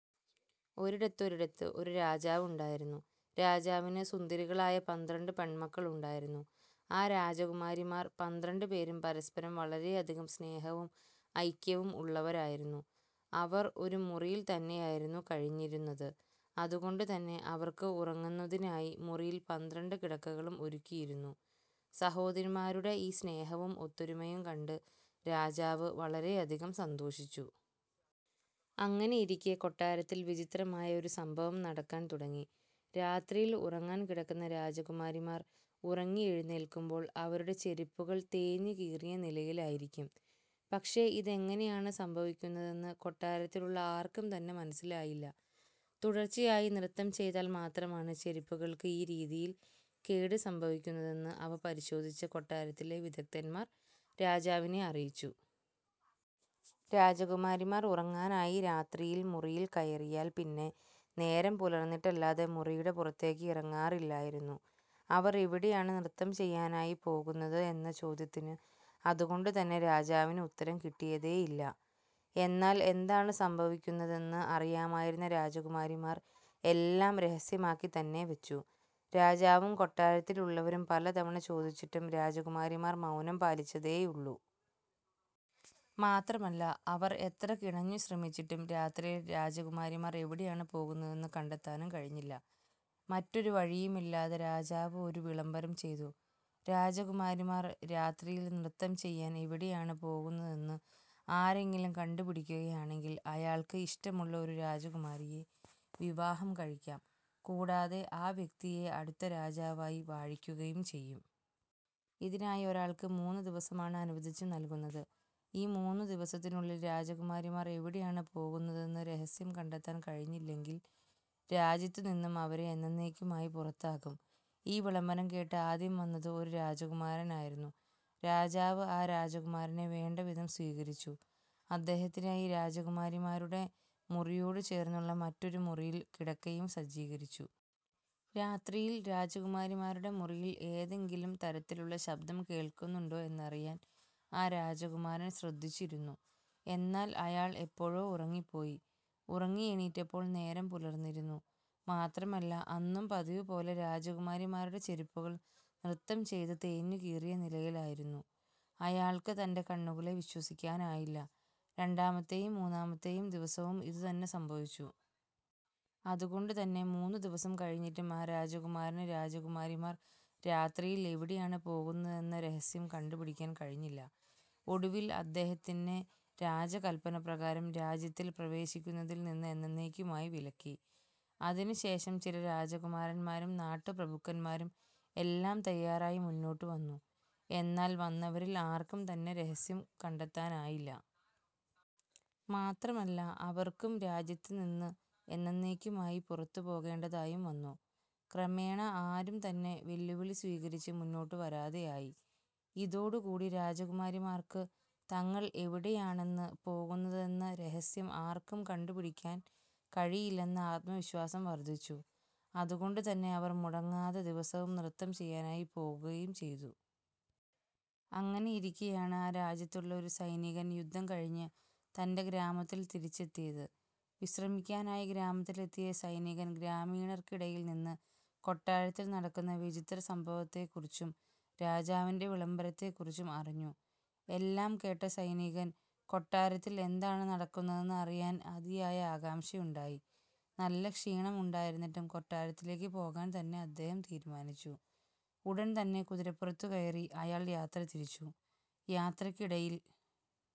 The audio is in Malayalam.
ഒരിടത്തൊരിടത്ത് ഒരു രാജാവുണ്ടായിരുന്നു. രാജാവിന് സുന്ദരികളായ പന്ത്രണ്ട് പെൺമക്കൾ ഉണ്ടായിരുന്നു. ആ രാജകുമാരിമാർ പന്ത്രണ്ട് പേരും പരസ്പരം വളരെയധികം സ്നേഹവും ഐക്യവും ഉള്ളവരായിരുന്നു. അവർ ഒരു മുറിയിൽ തന്നെയായിരുന്നു കഴിഞ്ഞിരുന്നത്. അതുകൊണ്ടു തന്നെ അവർക്ക് ഉറങ്ങുന്നതിനായി മുറിയിൽ പന്ത്രണ്ട് കിടക്കകളും ഒരുക്കിയിരുന്നു. സഹോദരിമാരുടെ ഈ സ്നേഹവും ഒത്തൊരുമയും കണ്ട് രാജാവ് വളരെയധികം സന്തോഷിച്ചു. അങ്ങനെയിരിക്കെ കൊട്ടാരത്തിൽ വിചിത്രമായ ഒരു സംഭവം നടക്കാൻ തുടങ്ങി. രാത്രിയിൽ ഉറങ്ങാൻ കിടക്കുന്ന രാജകുമാരിമാർ ഉറങ്ങി എഴുന്നേൽക്കുമ്പോൾ അവരുടെ ചെരുപ്പുകൾ തേഞ്ഞുകീറിയ നിലയിലായിരിക്കും. പക്ഷേ ഇതെങ്ങനെയാണ് സംഭവിക്കുന്നതെന്ന് കൊട്ടാരത്തിലുള്ള ആർക്കും തന്നെ മനസിലായില്ല. തുടർച്ചയായി നൃത്തം ചെയ്താൽ മാത്രമാണ് ചെരുപ്പുകൾക്ക് ഈ രീതിയിൽ കേട് സംഭവിക്കുന്നതെന്ന് അവ പരിശോധിച്ച കൊട്ടാരത്തിലെ വിദഗ്ധൻമാർ രാജാവിനെ അറിയിച്ചു. രാജകുമാരിമാർ ഉറങ്ങാനായി രാത്രിയിൽ മുറിയിൽ കയറിയാൽ പിന്നെ നേരം പുലർന്നിട്ടല്ലാതെ മുറിയുടെ പുറത്തേക്ക് ഇറങ്ങാറില്ലായിരുന്നു. അവർ എവിടെയാണ് നൃത്തം ചെയ്യാനായി പോകുന്നത് എന്ന ചോദ്യത്തിന് അതുകൊണ്ട് തന്നെ രാജാവിന് ഉത്തരം കിട്ടിയതേയില്ല. എന്നാൽ എന്താണ് സംഭവിക്കുന്നതെന്ന് അറിയാമായിരുന്ന രാജകുമാരിമാർ എല്ലാം രഹസ്യമാക്കി തന്നെ വച്ചു. രാജാവും കൊട്ടാരത്തിലുള്ളവരും പലതവണ ചോദിച്ചിട്ടും രാജകുമാരിമാർ മൗനം പാലിച്ചതേയുള്ളൂ. മാത്രമല്ല അവർ എത്ര കിണഞ്ഞു ശ്രമിച്ചിട്ടും രാത്രിയിൽ രാജകുമാരിമാർ എവിടെയാണ് പോകുന്നതെന്ന് കണ്ടെത്താനും കഴിഞ്ഞില്ല. മറ്റൊരു വഴിയുമില്ലാതെ രാജാവ് ഒരു വിളംബരം ചെയ്തു. "രാജകുമാരിമാർ രാത്രിയിൽ നൃത്തം ചെയ്യാൻ എവിടെയാണ് പോകുന്നതെന്ന് ആരെങ്കിലും കണ്ടു പിടിക്കുകയാണെങ്കിൽ അയാൾക്ക് ഇഷ്ടമുള്ള ഒരു രാജകുമാരിയെ വിവാഹം കഴിക്കാം. കൂടാതെ ആ വ്യക്തിയെ അടുത്ത രാജാവായി വാഴിക്കുകയും ചെയ്യും. ഇതിനായി ഒരാൾക്ക് മൂന്ന് ദിവസമാണ് അനുവദിച്ചു നൽകുന്നത്. ഈ മൂന്നു ദിവസത്തിനുള്ളിൽ രാജകുമാരിമാർ എവിടെയാണ് പോകുന്നതെന്ന് രഹസ്യം കണ്ടെത്താൻ കഴിഞ്ഞില്ലെങ്കിൽ രാജ്യത്തുനിന്നും അവരെ എന്നന്നേക്കുമായി പുറത്താക്കും. " ഈ വിളംബരം കേട്ട് ആദ്യം വന്നത് ഒരു രാജകുമാരനായിരുന്നു. രാജാവ് ആ രാജകുമാരനെ വേണ്ടവിധം സ്വീകരിച്ചു. അദ്ദേഹത്തിനായി രാജകുമാരിമാരുടെ മുറിയോട് ചേർന്നുള്ള മറ്റൊരു മുറിയിൽ കിടക്കയും സജ്ജീകരിച്ചു. രാത്രിയിൽ രാജകുമാരിമാരുടെ മുറിയിൽ ഏതെങ്കിലും തരത്തിലുള്ള ശബ്ദം കേൾക്കുന്നുണ്ടോ എന്നറിയാൻ ആ രാജകുമാരൻ ശ്രദ്ധിച്ചിരുന്നു. എന്നാൽ അയാൾ എപ്പോഴോ ഉറങ്ങിപ്പോയി. ഉറങ്ങിയെണീറ്റപ്പോൾ നേരം പുലർന്നിരുന്നു. മാത്രമല്ല അന്നും പതിവുപോലെ രാജകുമാരിമാരുടെ ചെരുപ്പുകൾ നൃത്തം ചെയ്ത് തേഞ്ഞു കീറിയ നിലയിലായിരുന്നു. അയാൾക്ക് തൻ്റെ കണ്ണുകളെ വിശ്വസിക്കാനായില്ല. രണ്ടാമത്തെയും മൂന്നാമത്തെയും ദിവസവും ഇതുതന്നെ സംഭവിച്ചു. അതുകൊണ്ട് തന്നെ മൂന്നു ദിവസം കഴിഞ്ഞിട്ടും ആ രാജകുമാരന് രാജകുമാരിമാർ രാത്രിയിൽ എവിടെയാണ് പോകുന്നതെന്ന രഹസ്യം കണ്ടുപിടിക്കാൻ കഴിഞ്ഞില്ല. ഒടുവിൽ അദ്ദേഹത്തിനെ രാജകല്പന പ്രകാരം രാജ്യത്തിൽ പ്രവേശിക്കുന്നതിൽ നിന്ന് എന്നന്നേക്കുമായി വിലക്കി. അതിനു ശേഷം ചില രാജകുമാരൻമാരും നാട്ടുപ്രഭുക്കന്മാരും എല്ലാം തയ്യാറായി മുന്നോട്ടു വന്നു. എന്നാൽ വന്നവരിൽ ആർക്കും തന്നെ രഹസ്യം കണ്ടെത്താനായില്ല. മാത്രമല്ല അവർക്കും രാജ്യത്ത് നിന്നു എന്നെന്നേക്കുമായി പുറത്തു പോകേണ്ടതായും വന്നു. ക്രമേണ ആരും തന്നെ വെല്ലുവിളി സ്വീകരിച്ച് മുന്നോട്ടു വരാതെ ആയി. ഇതോടുകൂടി രാജകുമാരിമാർക്ക് തങ്ങൾ എവിടെയാണെന്ന് പോകുന്നതെന്ന രഹസ്യം ആർക്കും കണ്ടുപിടിക്കാൻ കഴിയില്ലെന്ന ആത്മവിശ്വാസം വർദ്ധിച്ചു. അതുകൊണ്ടുതന്നെ അവർ മുടങ്ങാതെ ദിവസവും നൃത്തം ചെയ്യാനായി പോകുകയും ചെയ്തു. അങ്ങനെയിരിക്കെയാണ് ആ രാജ്യത്തുള്ള ഒരു സൈനികൻ യുദ്ധം കഴിഞ്ഞ് തൻ്റെ ഗ്രാമത്തിൽ തിരിച്ചെത്തിയത്. വിശ്രമിക്കാനായി ഗ്രാമത്തിലെത്തിയ സൈനികൻ ഗ്രാമീണർക്കിടയിൽ നിന്ന് കൊട്ടാരത്തിൽ നടക്കുന്ന വിചിത്രസംഭവത്തെക്കുറിച്ചും രാജാവിൻ്റെ വിളംബരത്തെക്കുറിച്ചും അറിഞ്ഞു. എല്ലാം കേട്ട സൈനികന് കൊട്ടാരത്തിൽ എന്താണ് നടക്കുന്നതെന്ന് അറിയാൻ അതിയായ ആകാംക്ഷയുണ്ടായി. നല്ല ക്ഷീണം ഉണ്ടായിരുന്നിട്ടും കൊട്ടാരത്തിലേക്ക് പോകാൻ തന്നെ അദ്ദേഹം തീരുമാനിച്ചു. ഉടൻതന്നെ കുതിരപ്പുറത്തു കയറി അയാൾ യാത്ര തിരിച്ചു. യാത്രക്കിടയിൽ